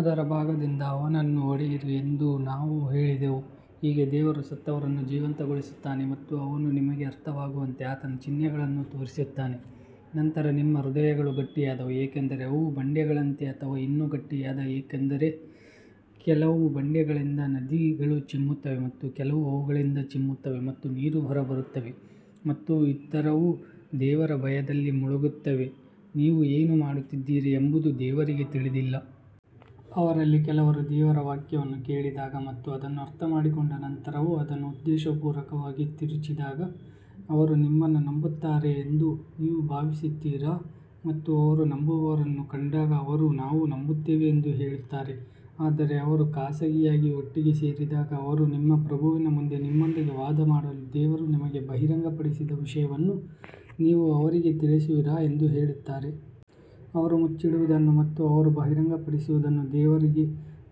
ಅದರ ಭಾಗದಿಂದ ಅವನನ್ನು ಹೊಡೆಯಿರಿ ಎಂದು ನಾವು ಹೇಳಿದೆವು ಹೀಗೆ ದೇವರು ಸತ್ತವರನ್ನು ಜೀವಂತಗೊಳಿಸುತ್ತಾನೆ ಮತ್ತು ಅವನು ನಿಮಗೆ ಅರ್ಥವಾಗುವಂತೆ ಆತನ ಚಿಹ್ನೆಗಳನ್ನು ತೋರಿಸುತ್ತಾನೆ ನಂತರ ನಿಮ್ಮ ಹೃದಯಗಳು ಗಟ್ಟಿಯಾದವು, ಏಕೆಂದರೆ ಅವು ಬಂಡೆಗಳಂತೆ ಅಥವಾ ಇನ್ನೂ ಗಟ್ಟಿಯಾದವು ಏಕೆಂದರೆ ಕೆಲವು ಬಂಡೆಗಳಿಂದ ನದಿಗಳು ಚಿಮ್ಮುತ್ತವೆ ಮತ್ತು ಕೆಲವು ಅವುಗಳಿಂದ ಚಿಮ್ಮುತ್ತವೆ ಮತ್ತು ನೀರು ಹೊರಬರುತ್ತವೆ ಮತ್ತು ಇತರವು ದೇವರ ಭಯದಲ್ಲಿ ಮುಳುಗುತ್ತವೆ, ನೀವು ಏನು ಮಾಡುತ್ತಿದ್ದೀರಿ ಎಂಬುದು ದೇವರಿಗೆ ತಿಳಿದಿಲ್ಲ. ಅವರಲ್ಲಿ ಕೆಲವರು ದೇವರ ವಾಕ್ಯವನ್ನು ಕೇಳಿದಾಗ ಮತ್ತು ಅದನ್ನು ಅರ್ಥಮಾಡಿಕೊಂಡ ನಂತರವೂ ಅದನ್ನು ಉದ್ದೇಶಪೂರ್ವಕವಾಗಿ ತಿರುಚಿದಾಗ ಅವರು ನಿಮ್ಮನ್ನು ನಂಬುತ್ತಾರೆ ಎಂದು ನೀವು ಭಾವಿಸುತ್ತೀರಾ? ಮತ್ತು ಅವರು ನಂಬುವವರನ್ನು ಕಂಡಾಗ ಅವರು ನಾವು ನಂಬುತ್ತೇವೆ ಎಂದು ಹೇಳುತ್ತಾರೆ ಆದರೆ ಅವರು ಖಾಸಗಿಯಾಗಿ ಒಟ್ಟಿಗೆ ಸೇರಿದಾಗ ಅವರು ನಿಮ್ಮ ಪ್ರಭುವಿನ ಮುಂದೆ ನಿಮ್ಮೊಂದಿಗೆ ವಾದಮಾಡಲು ದೇವರು ನಿಮಗೆ ಬಹಿರಂಗಪಡಿಸಿದ ವಿಷಯವನ್ನು ನೀವು ಅವರಿಗೆ ತಿಳಿಸುವಿರಾ ಎಂದು ಹೇಳುತ್ತಾರೆ. ಅವರು ಮುಚ್ಚಿಡುವುದನ್ನು ಮತ್ತು ಅವರು ಬಹಿರಂಗಪಡಿಸುವುದನ್ನು ದೇವರಿಗೆ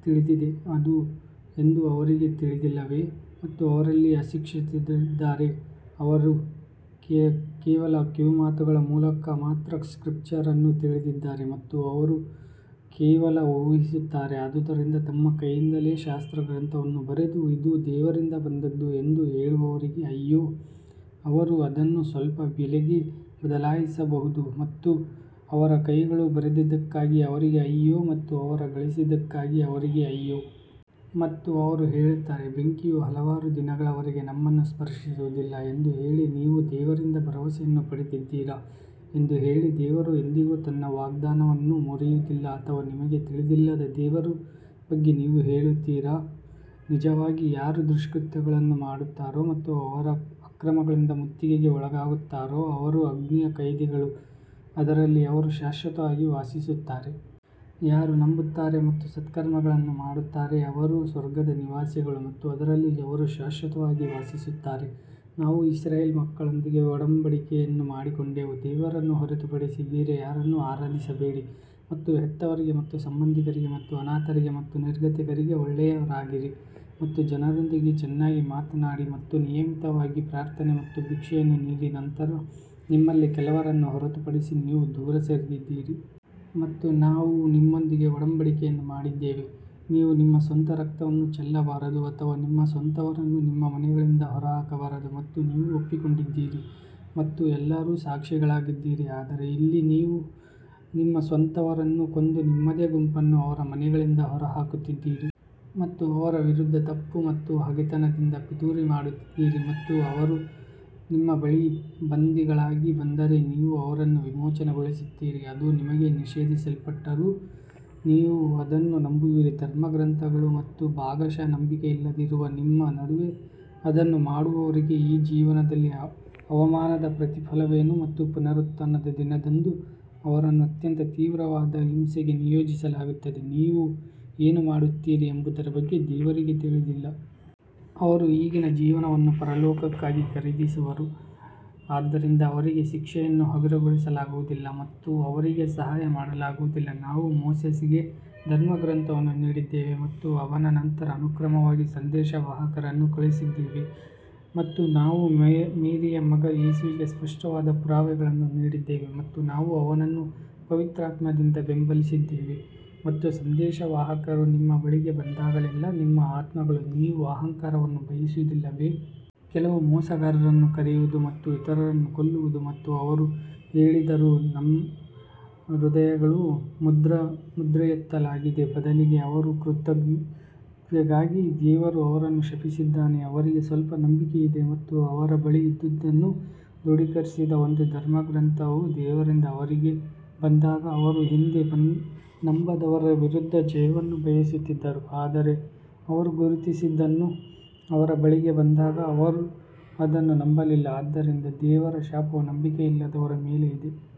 ತಿಳಿದಿದೆ ಎಂದು ಅವರಿಗೆ ತಿಳಿದಿಲ್ಲವೇ? ಮತ್ತು ಅವರಲ್ಲಿ ಅಶಿಕ್ಷಿತರಿದ್ದಾರೆ, ಅವರು ಕೇವಲ ಕಿವಿಮಾತುಗಳ ಮೂಲಕ ಮಾತ್ರ ಸ್ಕ್ರಿಪ್ಚರ್ ಅನ್ನು ತಿಳಿದಿದ್ದಾರೆ ಮತ್ತು ಅವರು ಕೇವಲ ಊಹಿಸುತ್ತಾರೆ ಆದುದರಿಂದ ತಮ್ಮ ಕೈಯಿಂದಲೇ ಶಾಸ್ತ್ರಗ್ರಂಥವನ್ನು ಬರೆದು ಇದು ದೇವರಿಂದ ಬಂದದ್ದು ಎಂದು ಹೇಳುವವರಿಗೆ ಅಯ್ಯೋ, ಅವರು ಅದನ್ನು ಸ್ವಲ್ಪ ಬೆಲೆಗೆ ಬದಲಾಯಿಸಬಹುದು ಮತ್ತು ಅವರ ಕೈಗಳು ಬರೆದದ್ದಕ್ಕಾಗಿ ಅವರಿಗೆ ಅಯ್ಯೋ ಮತ್ತು ಅವರು ಗಳಿಸಿದ್ದಕ್ಕಾಗಿ ಅವರಿಗೆ ಅಯ್ಯೋ. ಮತ್ತು ಅವರು ಹೇಳುತ್ತಾರೆ ಬೆಂಕಿಯು ಹಲವಾರು ದಿನಗಳವರೆಗೆ ನಮ್ಮನ್ನು ಸ್ಪರ್ಶಿಸುವುದಿಲ್ಲ ಎಂದು ಹೇಳಿ, ನೀವು ದೇವರಿಂದ ಭರವಸೆಯನ್ನು ಪಡೆದಿದ್ದೀರಾ ಎಂದು ಹೇಳಿ, ದೇವರು ಎಂದಿಗೂ ತನ್ನ ವಾಗ್ದಾನವನ್ನು ಮುರಿಯುವುದಿಲ್ಲ ಅಥವಾ ನಿಮಗೆ ತಿಳಿದಿಲ್ಲದ ದೇವರ ಬಗ್ಗೆ ನೀವು ಹೇಳುತ್ತೀರಾ? ನಿಜವಾಗಿ ಯಾರು ದುಷ್ಕೃತ್ಯಗಳನ್ನು ಮಾಡುತ್ತಾರೋ ಮತ್ತು ಅವರ ಅಕ್ರಮಗಳಿಂದ ಮುತ್ತಿಗೆಗೆ ಒಳಗಾಗುತ್ತಾರೋ ಅವರು ಅಗ್ನಿಯ ಕೈದಿಗಳು ಅದರಲ್ಲಿ ಅವರು ಶಾಶ್ವತವಾಗಿ ವಾಸಿಸುತ್ತಾರೆ. ಯಾರು ನಂಬುತ್ತಾರೆ ಮತ್ತು ಸತ್ಕರ್ಮಗಳನ್ನು ಮಾಡುತ್ತಾರೆ, ಅವರು ಸ್ವರ್ಗದ ನಿವಾಸಿಗಳು ಮತ್ತು ಅದರಲ್ಲಿ ಅವರು ಶಾಶ್ವತವಾಗಿ ವಾಸಿಸುತ್ತಾರೆ. ನಾವು ಇಸ್ರಾಯೇಲ್ ಮಕ್ಕಳೊಂದಿಗೆ ಒಡಂಬಡಿಕೆಯನ್ನು ಮಾಡಿಕೊಂಡೆವು ದೇವರನ್ನು ಹೊರತುಪಡಿಸಿ ಬೇರೆ ಯಾರನ್ನೂ ಆರಾಧಿಸಬೇಡಿ ಮತ್ತು ಹೆತ್ತವರಿಗೆ ಮತ್ತು ಸಂಬಂಧಿಕರಿಗೆ ಮತ್ತು ಅನಾಥರಿಗೆ ಮತ್ತು ನಿರ್ಗತಿಕರಿಗೆ ಒಳ್ಳೆಯವರಾಗಿರಿ ಮತ್ತು ಜನರೊಂದಿಗೆ ಚೆನ್ನಾಗಿ ಮಾತನಾಡಿ ಮತ್ತು ನಿಯಮಿತವಾಗಿ ಪ್ರಾರ್ಥನೆ ಮತ್ತು ಭಿಕ್ಷೆಯನ್ನು ನೀಡಿ ನಂತರ ನಿಮ್ಮಲ್ಲಿ ಕೆಲವರನ್ನು ಹೊರತುಪಡಿಸಿ ನೀವು ದೂರ ಸರಿದಿದ್ದೀರಿ. ಮತ್ತು ನಾವು ನಿಮ್ಮೊಂದಿಗೆ ಒಡಂಬಡಿಕೆಯನ್ನು ಮಾಡಿದ್ದೇವೆ, ನೀವು ನಿಮ್ಮ ಸ್ವಂತ ರಕ್ತವನ್ನು ಚೆಲ್ಲಬಾರದು ಅಥವಾ ನಿಮ್ಮ ಸ್ವಂತವರನ್ನು ನಿಮ್ಮ ಮನೆಗಳಿಂದ ಹೊರಹಾಕಬಾರದು ಮತ್ತು ನೀವು ಒಪ್ಪಿಕೊಂಡಿದ್ದೀರಿ ಮತ್ತು ಎಲ್ಲರೂ ಸಾಕ್ಷಿಗಳಾಗಿದ್ದೀರಿ. ಆದರೆ ಇಲ್ಲಿ ನೀವು ನಿಮ್ಮ ಸ್ವಂತವರನ್ನು ಕೊಂದು ನಿಮ್ಮದೇ ಗುಂಪನ್ನು ಅವರ ಮನೆಗಳಿಂದ ಹೊರಹಾಕುತ್ತಿದ್ದೀರಿ ಮತ್ತು ಅವರ ವಿರುದ್ಧ ತಪ್ಪು ಮತ್ತು ಹಗೆತನದಿಂದ ಪಿತೂರಿ ಮಾಡುತ್ತಿದ್ದೀರಿ ಮತ್ತು ಅವರು ನಿಮ್ಮ ಬಳಿಗೆ ಬಂದಿಗಳಾಗಿ ಬಂದರೆ ನೀವು ಅವರನ್ನು ವಿಮೋಚನೆಗೊಳಿಸುತ್ತೀರಿ ಅದು ನಿಮಗೆ ನಿಷೇಧಿಸಲ್ಪಟ್ಟಿದ್ದರೂ ನೀವು ಅದನ್ನು ನಂಬುವಿರಿ ಧರ್ಮಗ್ರಂಥಗಳು ಮತ್ತು ಭಾಗಶಃ ನಂಬಿಕೆಯಿಲ್ಲದಿರುವ ನಿಮ್ಮ ನಡುವೆ ಅದನ್ನು ಮಾಡುವವರಿಗೆ ಈ ಜೀವನದಲ್ಲಿ ಅವಮಾನದ ಪ್ರತಿಫಲವೇನು ಮತ್ತು ಪುನರುತ್ಥಾನದ ದಿನದಂದು ಅವರನ್ನು ಅತ್ಯಂತ ತೀವ್ರವಾದ ಹಿಂಸೆಗೆ ನಿಯೋಜಿಸಲಾಗುತ್ತದೆ ನೀವು ಏನು ಮಾಡುತ್ತೀರಿ ಎಂಬುದರ ಬಗ್ಗೆ ದೇವರಿಗೆ ತಿಳಿದಿಲ್ಲ. ಅವರು ಈಗಿನ ಜೀವನವನ್ನು ಪರಲೋಕಕ್ಕಾಗಿ ಖರೀದಿಸಿದವರು, ಆದ್ದರಿಂದ ಅವರಿಗೆ ಶಿಕ್ಷೆಯನ್ನು ಹಗುರಗೊಳಿಸಲಾಗುವುದಿಲ್ಲ ಮತ್ತು ಅವರಿಗೆ ಸಹಾಯ ಮಾಡಲಾಗುವುದಿಲ್ಲ ನಾವು ಮೋಸೆಸ್ಗೆ ಧರ್ಮಗ್ರಂಥವನ್ನು ನೀಡಿದ್ದೇವೆ ಮತ್ತು ಅವನ ನಂತರ ಅನುಕ್ರಮವಾಗಿ ಸಂದೇಶವಾಹಕರನ್ನು ಕಳುಹಿಸಿದ್ದೇವೆ ಮತ್ತು ನಾವು ಮೇರಿಯ ಮಗ ಯೇಸುವಿಗೆ ಸ್ಪಷ್ಟವಾದ ಪುರಾವೆಗಳನ್ನು ನೀಡಿದ್ದೇವೆ ಮತ್ತು ನಾವು ಅವನನ್ನು ಪವಿತ್ರಾತ್ಮದಿಂದ ಬೆಂಬಲಿಸಿದ್ದೇವೆ ಮತ್ತು ಸಂದೇಶವಾಹಕರು ನಿಮ್ಮ ಬಳಿಗೆ ಬಂದಾಗಲೆಲ್ಲಾ ನಿಮ್ಮ ಆತ್ಮಗಳು ನೀವು ಅಹಂಕಾರವನ್ನು ಬಯಸುವುದಿಲ್ಲವೇ? ಕೆಲವು ಮೋಸಗಾರರನ್ನು ಕರೆಯುವುದು ಮತ್ತು ಇತರರನ್ನು ಕೊಲ್ಲುವುದು ಮತ್ತು ಅವರು ಹೇಳಿದರು ನಮ್ಮ ಹೃದಯಗಳು ಮುದ್ರೆಯೊತ್ತಲಾಗಿದೆ ಬದಲಿಗೆ ಅವರ ಕೃತಘ್ನತೆಗಾಗಿ ದೇವರು ಅವರನ್ನು ಶಪಿಸಿದ್ದಾನೆ ಅವರಿಗೆ ಸ್ವಲ್ಪ ನಂಬಿಕೆ ಇದೆ ಮತ್ತು ಅವರ ಬಳಿ ಇದ್ದುದನ್ನು ದೃಢೀಕರಿಸುವ ಒಂದು ಧರ್ಮಗ್ರಂಥವು ದೇವರಿಂದ ಅವರಿಗೆ ಬಂದಾಗ ಅವರು ಹಿಂದೆ ನಂಬದವರ ವಿರುದ್ಧ ಜಯವನ್ನು ಬಯಸುತ್ತಿದ್ದರೂ, ಆದರೆ ಅವರು ಗುರುತಿಸಿದ್ದನ್ನು ಅವರ ಬಳಿಗೆ ಬಂದಾಗ ಅವರು ಅದನ್ನು ನಂಬಲಿಲ್ಲ ಆದ್ದರಿಂದ ದೇವರ ಶಾಪವು ನಂಬಿಕೆಯಿಲ್ಲದವರ ಮೇಲೆ ಇದೆ.